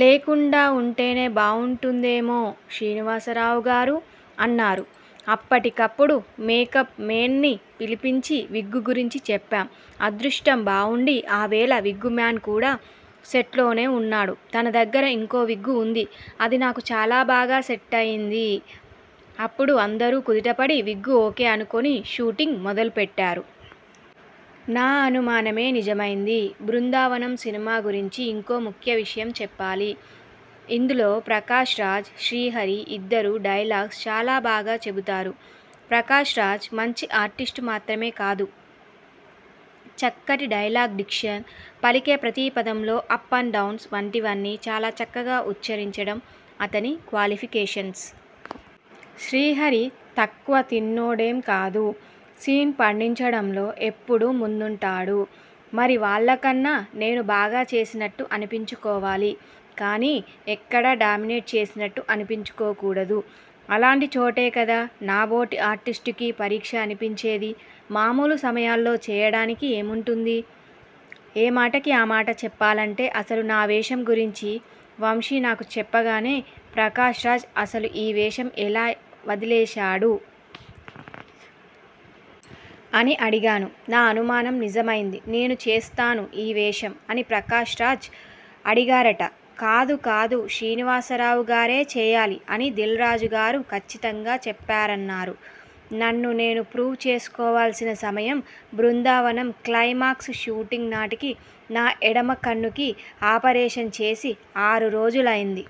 లేకుండా ఉంటేనే బావుంటుందేమో శ్రీనివాసరావుగారూ' అన్నారు. అప్పటికప్పుడు మేకప్ మేన్ ని పిలిపించి విగ్గు గురించి చెప్పాం. అదృష్టం బావుండి ఆ వేళ విగ్గుమ్యాన్ కూడా సెట్లోనే ఉన్నాడు. తన దగ్గర ఇంకో విగ్గు ఉంది. అది నాకు చాలా బాగా సెట్ అయింది. అప్పుడు అందరూ కుదుటపడి విగ్గు ఓకే అనుకుని షూటింగ్ మొదలుపెట్టారు. నా అనుమానమే నిజమైంది బృందావనం సినిమా గురించి ఇంకో ముఖ్య విషయం చెప్పాలి. ఇందులో ప్రకాశ్ రాజ్, శ్రీహరి ఇద్దరూ డైలాగ్స్ చాలా బాగా చెబుతారు. ప్రకాశ్ రాజ్ మంచి ఆర్టిస్ట్ మాత్రమే కాదు. చక్కటి డైలాగ్ డిక్షన్, పలికే ప్రతి పదంలో అప్ అండ్ డౌన్స్ వంటివన్నీ చాలా చక్కగా ఉచ్ఛరించడం అతని క్వాలిఫికేషన్స్. శ్రీహరి తక్కువ తిన్నోడేం కాదు. సీన్ పండించడంలో ఎప్పుడూ ముందుంటాడు. మరి వాళ్ళకన్నా నేను బాగా చేసినట్టు అనిపించుకోవాలి, కానీ ఎక్కడా డామినేట్ చేసినట్టు అనిపించుకోకూడదు. అలాంటి చోటే కదా నాబోటి ఆర్టిస్టుకి పరీక్ష అనిపించేది. మామూలు సమయాల్లో చేయడానికి ఏముంటుంది? ఏమాటకి ఆమాట చెప్పాలంటే అసలు నా వేషం గురించి వంశీ నాకు చెప్పగానే 'ప్రకాశ్ రాజ్ అసలు ఈ వేషం ఎలా వదిలేశాడు? ' అని అడిగాను. నా అనుమానం నిజమైంది. 'నేను చేస్తాను ఈ వేషం' అని ప్రకాశ్రాజ్ అడిగారట. 'కాదు, కాదు, శ్రీనివాసరావుగారే చేయాలి' అని దిల్ రాజుగారు కచ్చితంగా చెప్పారన్నారు. నన్ను నేను ప్రూవ్ చేసుకోవాల్సిన సమయం బృందావనం క్లైమాక్స్ షూటింగ్ నాటికి నా ఎడమ కన్నుకి ఆపరేషన్ చేసి ఆరు రోజులైంది.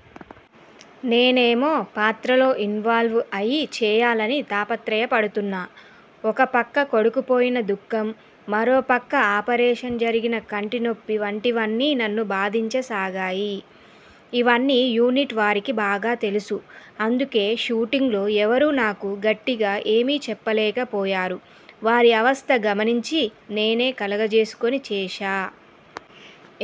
నేనేమో పాత్రలో ఇన్వాల్వ్ అయి చేయాలని తాపత్రయపడుతున్నా. ఒక పక్క కొడుకు పోయిన దుఃఖం, మరోపక్క ఆపరేషన జరిగిన కంటినొప్పి వంటివన్నీ నన్ను బాధించసాగాయి. ఇవన్నీ యూనిట్ వారికి బాగా తెలుసు. అందుకే షూటింగ్లో ఎవరూ నాకు గట్టిగా ఏమీ చెప్పలేకపోయారు. వారి అవస్త గమనించి నేనే కలగజేసుకుని చేశా.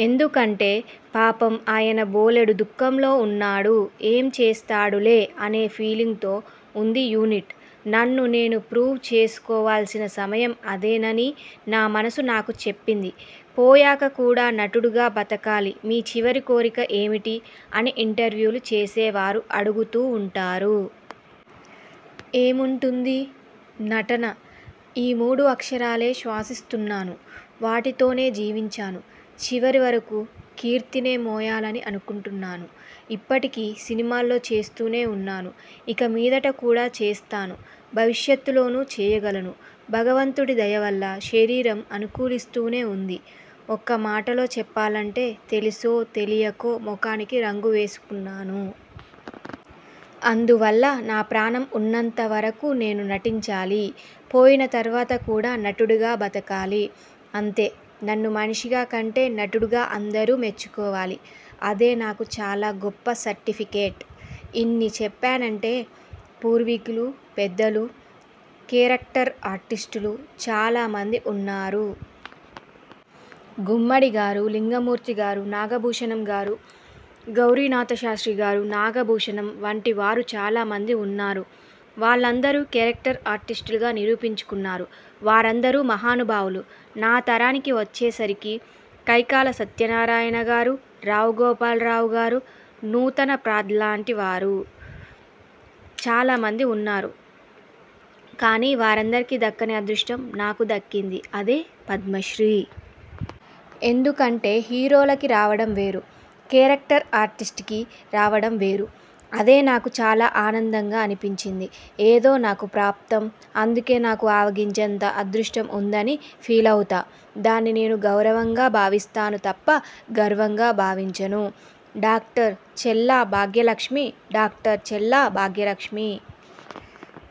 ఎందుకంటే, 'పాపం ఆయన బోలెడు దుఃఖంలో ఉన్నాడు. ఏం చేస్తాడులే' అనే ఫీలింగ్ తో ఉంది యూనిట్. నన్ను నేను ప్రూవ్ చేసుకోవాల్సిన సమయం అదేనని నా మనసు నాకు చెప్పింది. పోయాక కూడా నటుడుగా బతకాలి'మీచివరి కోరిక ఏమిటి' అని ఇంటర్వ్యూలు చేసేవారు అడుగుతూ ఉంటారు. ఏముంటుంది? నటన. ఈ మూడు అక్షరాలే శ్వాసిస్తున్నాను. వాటితోనే జీవించాను. చివరి వరకు కీర్తినే మోయాలని అనుకుంటున్నాను. ఇప్పటికీ సినిమాల్లో చేస్తూనే ఉన్నాను. ఇక మీదట కూడా చేస్తాను. భవిష్యత్తులోనూ చేయగలను. భగవంతుడి దయవల్ల శరీరం అనుకూలిస్తూనే ఉంది. ఒక్క మాటలో చెప్పాలంటే, 'తెలిసో తెలియకో మొఖానికి రంగు వేసుకున్నాను. అందువల్ల నా ప్రాణం ఉన్నంత వరకు నేను నటించాలి. పోయిన తర్వాత కూడా నటుడిగా బతకాలి, అంతే. నన్ను మనిషిగా కంటే నటుడిగా అందరూ మెచ్చుకోవాలి. అదే నాకు చాలా గొప్ప సర్టిఫికెట్ '. ఇన్ని చెప్పానంటే పూర్వీకులు పెద్దలు, కేరక్టర్ ఆర్టిస్టులు చాలా మంది ఉన్నారు. గుమ్మడిగారు, లింగమూర్తిగారు. నాగభూషణంగారు, గౌరినాథశాస్త్రిగారు, నాగభూషణం వంటివారు చాలా మంది ఉన్నారు. వాళ్ళందరూ కేరక్టర్ ఆర్టిస్టులుగా నిరూపించుకున్నారు. వారందరూ మహానుభావులు. నా తరానికి వచ్చేసరికి కైకాల సత్యనారాయణగారు, రావు గోపాలరావుగారు, నూతనప్రాద్లాంటివారు చాలా మంది ఉన్నారు. కానీ వారందరికీ దక్కని అదృష్టం నాకు దక్కింది. అదే పద్మశ్రీ. ఎందుకంటే హీరోలకి రావడం వేరు, కేరక్టర్ ఆర్టిస్ట్కి రావడంవేరు. అదే నాకు చాలా ఆనందంగా అనిపించింది. ఏదో నాకు ప్రాప్తం. అందుకే నాకు ఆవగింజంత అదృష్టం ఉందని ఫీలవుతా. దాన్ని నేను గౌరవంగా భావిస్తాను తప్ప, గర్వంగా భావించను. Doctor Challa Bhagyalakshmi doctor Challa Bhagyalakshmi